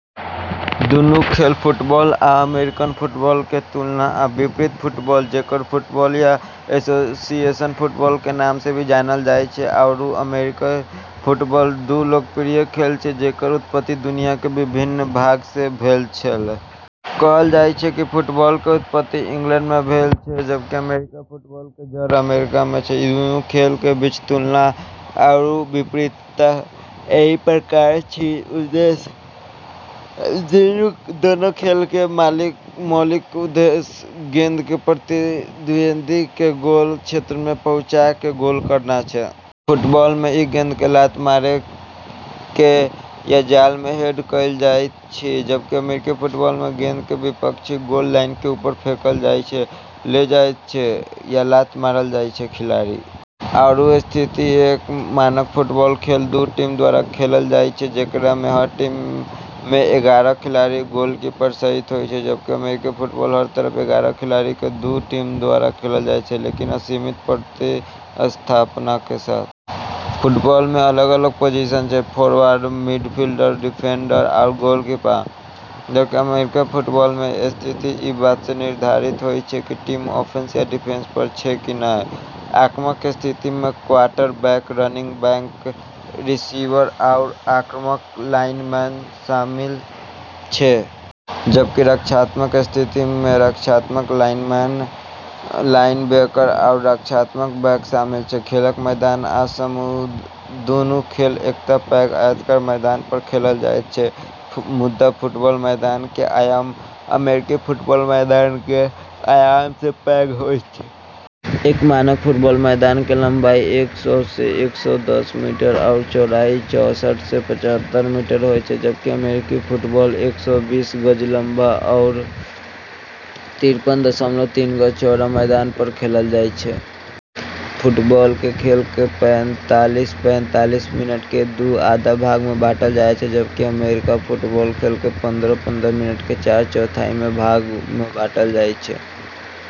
दुनू खेल - फुटबॉल आ अमेरिकन फुटबॉल - के तुलना आ विपरीतफुटबॉल, जेकरा फुटबॉल या एसोसिएशन फुटबॉल के नाम से भी जानल जाय छै, आरू अमेरिकी फुटबॉल, दू लोकप्रिय खेल छै जेकर उत्पत्ति दुनिया के विभिन्न भाग से भेल छेलै। कहल जाय छै कि फुटबॉल के उत्पत्ति इंग्लैंड में भेल छै, जबकि अमेरिकी फुटबॉल के जड़ अमेरिका में छै। ई दूनू खेल के बीच तुलना आरू विपरीतता एहि प्रकार अछि। उद्देश्य दोनों खेल के मौलिक उद्देश्य गेंद के प्रतिद्वंदी के गोल क्षेत्र में पहुँचाय क गोल करना छै। फुटबॉल में ई गेंद के लात मारि क या जाल में हेड कयल जाइत अछि। जबकि अमेरिकी फुटबॉल में गेंद के विपक्षी गोल लाइन के ऊपर फेंकल जाय छै, ले जायल जाय छै या लात मारल जाय छै। खिलाड़ी आरू स्थितिएक मानक फुटबॉल खेल दू टीम द्वारा खेलल जाय छै, जेकरा में हर टीम में एगारह खिलाड़ी गोलकीपर सहित होय छै। जबकि अमेरिकी फुटबॉल हर तरफ एगारह खिलाड़ी के दू टीम द्वारा खेलल जाय छै, लेकिन असीमित प्रतिस्थापन के साथ। फुटबॉल में अलग-अलग पोजीशन छै। फोरवर्ड, मिडफील्डर, डिफेंडर आरू गोलकीपर। जबकि अमेरिकी फुटबॉल में स्थिति ई बात से निर्धारित होय छै कि टीम आफैंस या डिफेंस पर छै कि नै। आक्रामक स्थिति में क्वार्टरबैक, रनिंग बैक, रिसीवर आरू आक्रामक लाइनमैन शामिल छै। जबकि रक्षात्मक स्थिति में रक्षात्मक लाइनमैन, लाइनबैकर आरू रक्षात्मक बैक शामिल छै। खेलक मैदान आ समयदुनू खेल एकटा पैघ आयताकार मैदान पर खेलल जाइत अछि, मुदा फुटबॉल मैदान के आयाम अमेरिकी फुटबॉल मैदान के आयाम से पैघ होइत अछि। एक मानक फुटबॉल मैदान के लम्बाई एक सौ से एक सौ दस मीटर आरू चौड़ाई चौंसठ से पचहत्तर मीटर होय छै। जबकि अमेरिकी फुटबॉल एक सौ बीस गज लम्बा आरू तिरपन दशमलव तीन गज चौड़ा मैदान पर खेलल जाय छै। फुटबॉल के खेल के पैंतालीस पैंतालीस मिनट के दू आधा भाग में बाँटल जाय छै। जबकि अमेरिकी फुटबॉल खेल के पंद्रह पंद्रह मिनट के चार चौथाई भाग में बाँटल जाय छै।